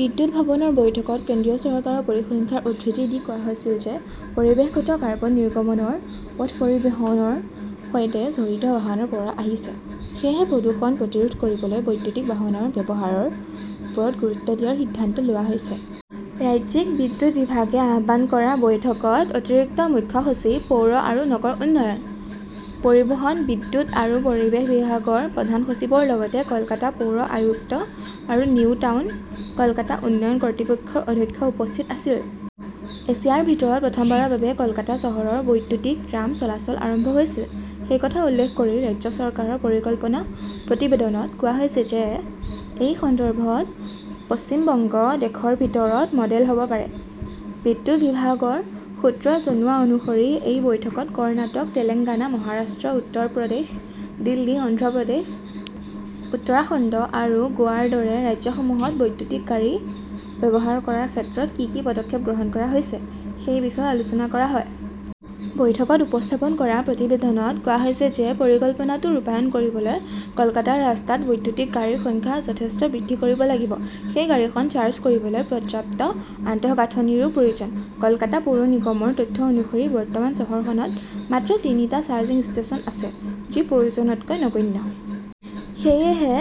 বিদ্যুৎ ভৱনৰ বৈঠকত কেন্দ্ৰীয় চৰকাৰৰ পৰিসংখ্যাৰ উদ্ধৃতি দি কোৱা হৈছিল যে পৰিৱেশত কাৰ্বন নিৰ্গমনৰ পথ পৰিবহণৰ সৈতে জড়িত বাহনৰ পৰা আহিছে। সেয়েহে প্ৰদূষণ প্ৰতিৰোধ কৰিবলৈ বৈদ্যুতিক বাহনৰ ব্যৱহাৰৰ ওপৰত গুৰুত্ব দিয়াৰ সিদ্ধান্ত লোৱা হৈছে। ৰাজ্যিক বিদ্যুৎ বিভাগে আহ্বান কৰা বৈঠকত অতিৰিক্ত মুখ্য সচিব, পৌৰ আৰু নগৰ উন্নয়ন, পৰিবহণ, বিদ্যুৎ আৰু পৰিৱেশ বিভাগৰ প্ৰধান সচিবৰ লগতে কলকাতা পৌৰ আয়ুক্ত আৰু নিউ টাউন কলকাতা উন্নয়ন কৰ্তৃপক্ষৰ অধ্যক্ষ উপস্থিত আছিল। এছিয়াৰ ভিতৰত প্ৰথমবাৰৰ বাবে কলকাতা চহৰত বৈদ্যুতিক ট্ৰাম চলাচল আৰম্ভ হৈছিল। সেই কথা উল্লেখ কৰি ৰাজ্য চৰকাৰৰ পৰিকল্পনা প্ৰতিবেদনত কোৱা হৈছে যে এই সন্দৰ্ভত পশ্চিম বংগ দেশৰ ভিতৰত 'মডেল হব পাৰে। বিদ্যুৎ বিভাগৰ সূত্ৰই জনোৱা অনুসৰি এই বৈঠকত কৰ্ণাটক, তেলেংগানা, মহাৰাষ্ট্ৰ, উত্তৰ প্ৰদেশ, দিল্লী, অন্ধ্ৰ প্ৰদেশ, উত্তৰাখণ্ড আৰু গোৱাৰ দৰে ৰাজ্যসমূহত বৈদ্যুতিক গাড়ী ব্যৱহাৰ কৰাৰ ক্ষেত্ৰত কি কি পদক্ষেপ গ্ৰহণ কৰা হৈছে সেই বিষয়েও আলোচনা কৰা হয়। বৈঠকত উপস্থাপন কৰা প্ৰতিবেদনত কোৱা হৈছে যে পৰিকল্পনাটো ৰূপায়ণ কৰিবলৈ কলকাতাৰ ৰাস্তাত বৈদ্যুতিক গাড়ীৰ সংখ্যা যথেষ্ট বৃদ্ধি কৰিব লাগিব। সেই গাড়ীখন চাৰ্জ কৰিবলৈ পৰ্যাপ্ত আন্তঃগাঁথনিৰো প্ৰয়োজন। কলকাতা পৌৰ নিগমৰ তথ্য অনুসৰি, বৰ্তমান চহৰখনত মাত্ৰ তিনিটা চাৰ্জিং ষ্টেচন আছে, যি প্ৰয়োজনতকৈ নগণ্য। সেয়েহে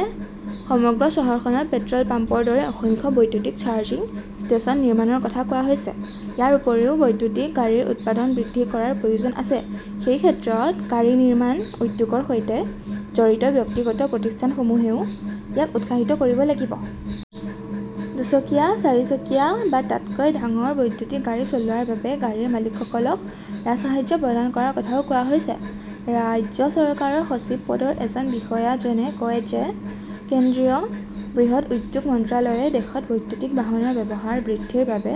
সমগ্ৰ চহৰখনত পেট্ৰল পাম্পৰ দৰে অসংখ্য বৈদ্যুতিক চাৰ্জিং ষ্টেচন নিৰ্মাণৰ কথা কোৱা হৈছে। ইয়াৰ উপৰিও বৈদ্যুতিক গাড়ীৰ উৎপাদন বৃদ্ধি কৰাৰ প্ৰয়োজন আছে। সেই ক্ষেত্ৰত, গাড়ী নিৰ্মাণ উদ্যোগৰ সৈতে জড়িত ব্যক্তিগত প্ৰতিষ্ঠানসমূহেও ইয়াক উৎসাহিত কৰিব লাগিব। দুচকীয়া, চাৰিচকীয়া বা তাতকৈ ডাঙৰ বৈদ্যুতিক গাড়ী চলোৱাৰ বাবে গাড়ীৰ মালিকসকলক ৰাজসাহায্য প্ৰদান কৰাৰ কথাও কোৱা হৈছে। ৰাজ্য চৰকাৰৰ সচিব পদৰ এজন বিষয়াজনে কয় যে কেন্দ্ৰীয় বৃহৎ উদ্যোগ মন্ত্ৰালয়ে দেশত বৈদ্যুতিক বাহনৰ ব্যৱহাৰ বৃদ্ধিৰ বাবে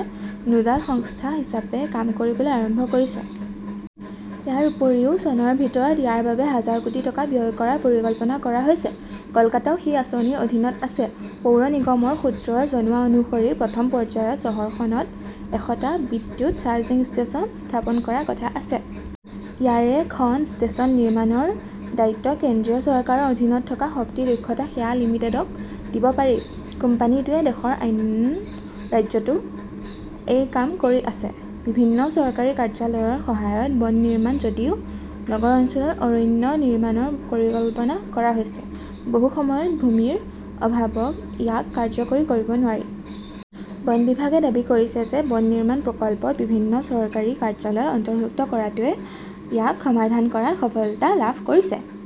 নোডাল সংস্থা হিচাপে কাম কৰিবলৈ আৰম্ভ কৰিছে। ইয়াৰ উপৰিও চনৰ ভিতৰত ইয়াৰ বাবে হাজাৰ কোটি টকা ব্যয় কৰাৰ পৰিকল্পনা কৰা হৈছে। কলকাতাও সেই আঁচনিৰ অধীনত আছে। পৌৰ নিগমৰ সূত্ৰই জনোৱা অনুসৰি প্ৰথম পৰ্যায়ত চহৰখনত এশ টা বিদ্যুৎ চাৰ্জিং ষ্টেচন স্থাপন কৰাৰ কথা আছে। ইয়াৰে খন ষ্টেচন নিৰ্মাণৰ দায়িত্ব কেন্দ্ৰীয় চৰকাৰৰ অধীনত থকা শক্তি দক্ষতা সেৱা লিমিটেডক দিব পাৰি। কোম্পানীটোৱে দেশৰ আন ৰাজ্যতো এই কাম কৰি আছে। বিভিন্ন চৰকাৰী কাৰ্যালয়ৰ সহায়ত বন নিৰ্মাণ যদিও নগৰ অঞ্চলত অৰণ্য নিৰ্মাণৰ পৰিকল্পনা কৰা হৈছে, বহু সময়ত ভূমিৰ অভাৱত ইয়াক কাৰ্যকৰী কৰিব নোৱাৰি। বন বিভাগে দাবী কৰিছে যে বন নিৰ্মাণ প্ৰকল্পত বিভিন্ন চৰকাৰী কাৰ্যালয় অন্তৰ্ভুক্ত কৰাটোৱে ইয়াক সমাধান কৰাত সফলতা লাভ কৰিছে।